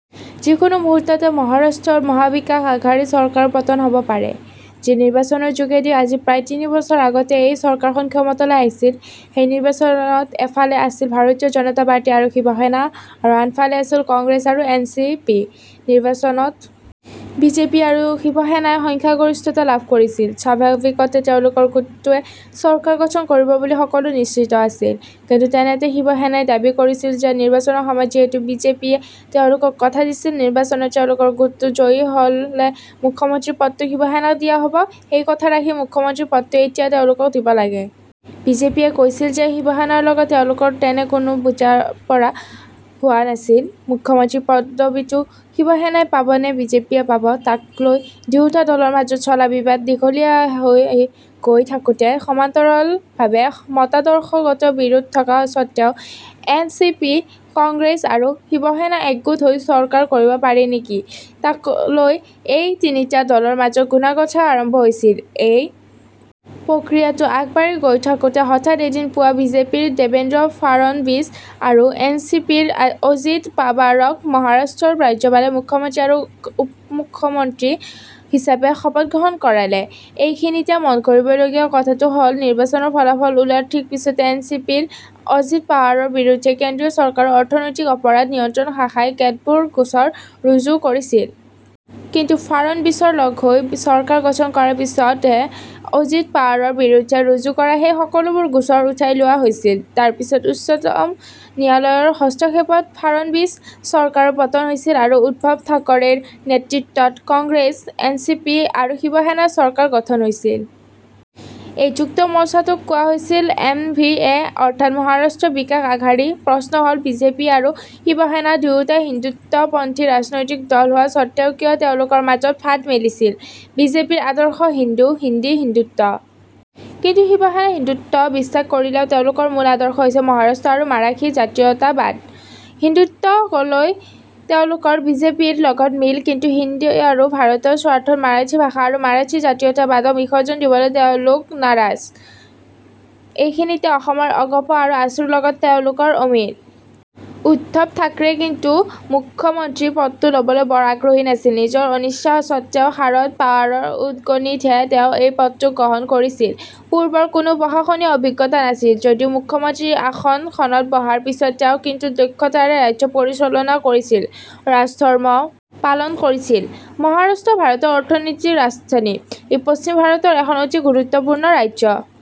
যি কোনো মুহূৰ্ততে মহাৰাষ্ট্ৰৰ মহা বিকাশ আঘাৰী চৰকাৰৰ পতন হ'ব পাৰে। যি নিৰ্বাচনৰ যোগেদি আজি প্ৰায় তিনি বছৰ আগতে এই চৰকাৰখন ক্ষমতালৈ আহিছিল, সেই নিৰ্বাচনত এফালে আছিল ভাৰতীয় জনতা পাৰ্টি আৰু শিৱসেনা আৰু আনফালে আছিল কংগ্ৰেছ আৰু এন চি পি। নিৰ্বাচনত বি জে পি আৰু শিৱসেনাই সংখ্যাগৰিষ্ঠতা লাভ কৰিছিল। স্বাভাৱিকতে তেওঁলোকৰ গোটটোৱে চৰকাৰ গঠন কৰিব বুলি সকলো নিশ্চিত আছিল, কিন্তু তেনেতে শিৱসেনাই দাবী কৰিছিল যে নিৰ্বাচনৰ সময়ত যিহেতু বি জে পিয়ে তেওঁলোকক কথা দিছিল নিৰ্বাচনত তেওঁলোকৰ গোটটো জয়ী হলে মুখ্যমন্ত্ৰীৰ পদটো শিৱসেনাক দিয়া হব, সেই কথা ৰাখি মুখ্যমন্ত্ৰীৰ পদটো এতিয়া তেওঁলোকক দিব লাগে। বি জে পিয়ে কৈছিল যে শিৱসেনাৰ লগত তেওঁলোকৰ তেনে কোনো বুজাপৰা হোৱা নাছিল। মুখ্যমন্ত্ৰীৰ পদবীটো শিৱসেনাই পাব নে বিজেপিয়ে পাব, তাকলৈ দুয়োটা দলৰ মাজত চলা বিবাদ দীঘলীয়াহৈ গৈ থাকোতে সমান্তৰালভাৱে মতাদৰ্শগত বিৰোধ থকা সত্বেও এন চি পি, কংগ্ৰেছ আৰু শিৱসেনা একগোট হৈ চৰকাৰ কৰিব পাৰি নেকি, তাকলৈ এই তিনিটা দলৰ মাজত গুণাগঁথা আৰম্ভ হৈছিল। এই প্ৰক্ৰিয়াটো আগবাঢ়ি গৈ থাকোতে হঠাৎ এদিন পুৱা বি জে পিৰ দেবেন্দ্ৰ ফাড়নবিছ আৰু এন চি পিৰ অজিত পাৱাৰক মহাৰাষ্ট্ৰৰ ৰাজ্যপালে মুখ্যমন্ত্ৰী আৰু উপমুখ্যমন্ত্ৰী হিচাপে শপত গ্ৰহণ কৰালে। এইখিনিতে মনকৰিবলগীয়া কথাটো হ'ল নিৰ্বাচনৰ ফলাফল ওলোৱাৰ ঠিক পিছতে এন চি পিৰ অজিত পাৱাৰৰ বিৰুদ্ধে কেন্দ্ৰীয় চৰকাৰৰ অৰ্থনৈতিক অপৰাধ নিয়ন্ত্ৰণ শাখাই কেতবোৰ গোচৰ ৰুজু কৰিছিল। কিন্তু ফাড়নবিছৰ লগহৈ চৰকাৰ গঠন কৰাৰ পিছতে অজিত পাৱাৰৰ বিৰুদ্ধে ৰুজু কৰা সেই সকলোবোৰ গোচৰ উঠাই লোৱা হৈছিল। তাৰ পিছতউচ্চতম ন্যায়ালয়ৰ হস্তক্ষেপত ফাড়নবিছ চৰকাৰৰ পতন হৈছিল আৰু উদ্ধৱ ঠাকৰেৰ নেতৃত্বত কংগ্ৰেছ, এন চি পি আৰু শিৱসেনাৰ চৰকাৰ গঠন হৈছিল। এই যুক্ত মৰ্চাটোক কোৱা হৈছিল এম ভি এ অৰ্থাৎ মহাৰাষ্ট্ৰ বিকাশ আঘাৰী। প্ৰশ্ন হ'ল বি জে পি আৰু শিৱসেনা দুয়োটা হিন্দুত্বপন্থী ৰাজনৈতিক দল হোৱা সত্ত্বেও কিয় তেওঁলোকৰ মাজত ফাট মেলিছিল? বি জে পিৰ আদৰ্শ হিন্দু, হিন্দী, হিন্দুত্ব। কিন্তু শিৱসেনাই হিন্দুত্বত বিশ্বাস কৰিলেও তেওঁলোকৰ মূল আদৰ্শ হৈছে মহাৰাষ্ট্ৰ আৰু মাৰাঠী জাতীয়তাবাদ। হিন্দুত্বকলৈ তেওঁলোকৰ বি জে পিৰ লগত মিল, কিন্তু হিন্দী আৰু ভাৰতৰ স্বাৰ্থত মাৰাঠী ভাষা আৰু মাৰাঠী জাতীয়তাবাদক বিসৰ্জন দিবলৈ তেওঁলোক নাৰাজ। এইখিনিতে অসমৰ অগপ আৰু আছুৰ লগত তেওঁলোকৰ অমিল। উদ্ধৱ ঠাকৰে কিন্তু মুখ্যমন্ত্ৰী পদটো লবলৈ বৰ আগ্ৰহী নাছিল। নিজৰ অনিচ্ছা সত্ত্বেও শাৰদ পাৱাৰৰ উদগনিতহে তেওঁ এই পদটো গ্ৰহণ কৰিছিল। পূৰ্বৰ কোনো প্ৰশাসনীয় অভিজ্ঞতা নাছিল যদিও মুখ্যমন্ত্ৰীৰ আসনখনত বহাৰ পিছত তেওঁ কিন্তু দক্ষতাৰে ৰাজ্য পৰিচলনা কৰিছিল। ৰাজধৰ্ম পালন কৰিছিল। মহাৰাষ্ট্ৰ ভাৰতৰ অৰ্থনৈতিক ৰাজধানী। ই পশ্চিম ভাৰতৰ এখন অতি গুৰুত্বপূৰ্ণ ৰাজ্য।